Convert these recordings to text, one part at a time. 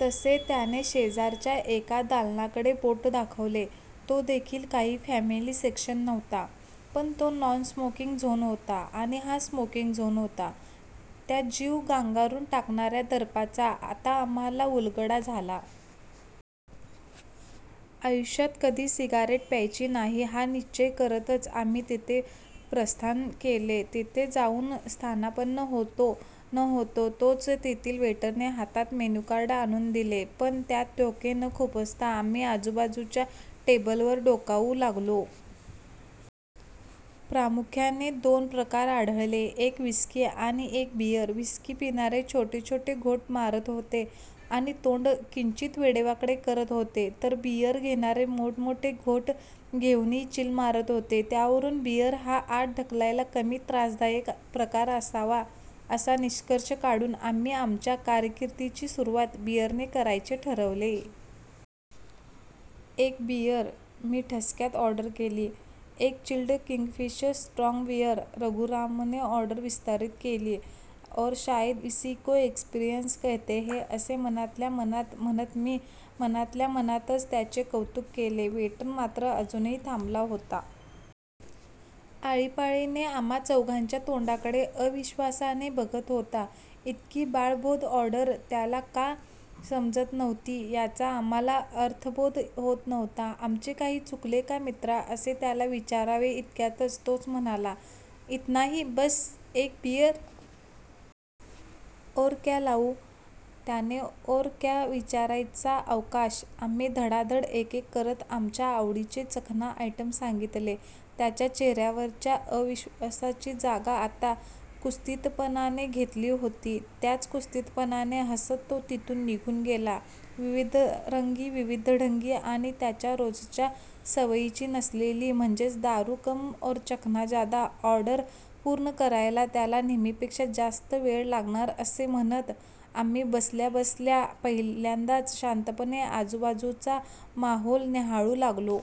तसे त्याने शेजारच्या एका दालनाकडे बोट दाखवले. तो देखील काही फॅमिली सेक्शन नव्हता. पण तो नॉन स्मोकिंग झोन होता आणि हा स्मोकिंग झोन होता. त्या जीव गांगरून टाकणार्या दर्पाचा आता आम्हाला उलगडा झाला. आयुष्यात कधी सिगारेट प्यायची नाही हा निश्चय करतच आम्ही तिथे प्रस्थान केले. तिथे जाऊन स्थानापन्न होतो न होतो तोच तेथील वेटरने हातात मेनूकार्ड आणून दिले. पण त्यात डोके न खुपसता आम्ही आजूबाजुच्या टेबलवर डोकावू लागलो. प्रामुख्याने दोन प्रकार आढळले. एक व्हिस्की आणि एक बीअर. व्हिस्की पिणारे छोटे छोटे घोट मारत होते आणि तोंड किंचित वेडेवाकडे करत होते. तर बीअर घेणारे मोठमोठे घोट घेऊनही चिल्ल मारत होते. त्यावरून बीअर हा आत ढकलायला कमी त्रासदायक प्रकार असावा असा निष्कर्श काढून आम्ही आमच्या कारकिर्दीची सुरुवात बीअरने करायचे ठरवले. एक बीअर! मी ठसक्यात ऑर्डर केली. एक चिल्लड् किंगफिशर स्ट्रॉंग बीअर! रघुरामने ऑर्डर विस्तारीत केली. और शायद ईसी को एक्सपिरंन्स कहते है, असे मनातल्या मनात म्हणत मी मनातल्या मनातच त्याचे कौतुक केले. वेटर मात्र अजूनही थांबला होता. आळीपाळीने आम्हा चौघांच्या तोंडाकडे अविश्वासाने बघत होता. ईतकी बाळबोध ऑर्डर त्याला का समजत नव्हती याचा आम्हाला अर्थबोध होत नव्हता. आमचे काही चुकले का मित्रा, असे त्याला विचारावे ईतक्यात तोच म्हणाला, ईतनाही?? बस्स एक बीअर.. और क्या लाऊ? त्याने और क्या विचारायचा अवकाश, आम्ही धडाधड एकेक करत आमच्या आवडीचे चखना आयटम सांगितले.. त्याच्या चेहर्यावरच्या अविश्वासाची जागा आता कुत्सितपणाने घेतली होती. त्याच कुत्सितपणाने हसत तो तिथून निघून गेला. विविधरंगी, विविधढंगी, आणि त्याच्या रोजच्या सवयीची नसलेली, म्हणजेच 'दारू कम और चखना ज्यादा' ऑर्डर पुर्ण करायला त्याला नेहमीपेक्षा जास्त वेळ लागणार असे म्हणत आम्ही बसल्याबसल्या, पहिल्यांदाच शांतपणे आजूबाजुचा माहौल न्याहाळू लागलो.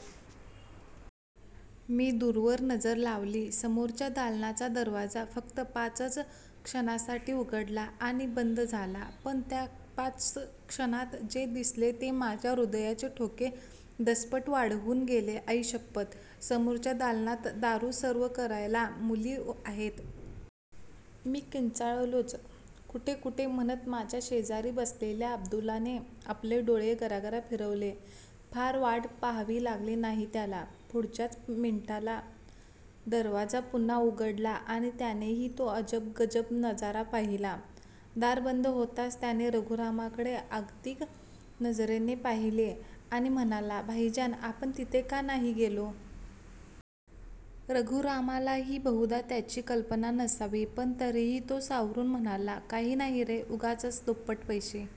मी दूरवर नजर लावली. समोरच्या दालनाचा दरवाजा फक्त पाचच क्षणांसाठी उघडला. आणि बंद झाला. पण त्या पाच क्षणांत जे दिसले ते माझ्या हृदयाचे ठोके दसपट वाढवून गेले. आईशप्पथ! समोरच्या दालनात दारू सर्व्ह करायला मुली आहेत.. मी किंचाळलोच. कुठे कुठे, म्हणत माझ्या शेजारी बसलेल्या अब्दुल्लाने आपले डोळे गरागरा फिरवले. फार वाट पहावी लागली नाही त्याला. पुढच्याच मिनिटाला दरवाजा पुन्हा उघडला आणि त्यानेही तो अजब गजब नजारा पाहिला. दार बंद होताच त्याने रघुरामकडे अगतिक नजरेने पाहिले आणि म्हणाला, "भाईजान, आपण तिथे का नाही गेलो? "रघुरामलाही बहुधा याची कल्पना नसावी. पण तरीही तो सावरून म्हणाला, "काही नाही रे, उगाचच दुप्पट पैसे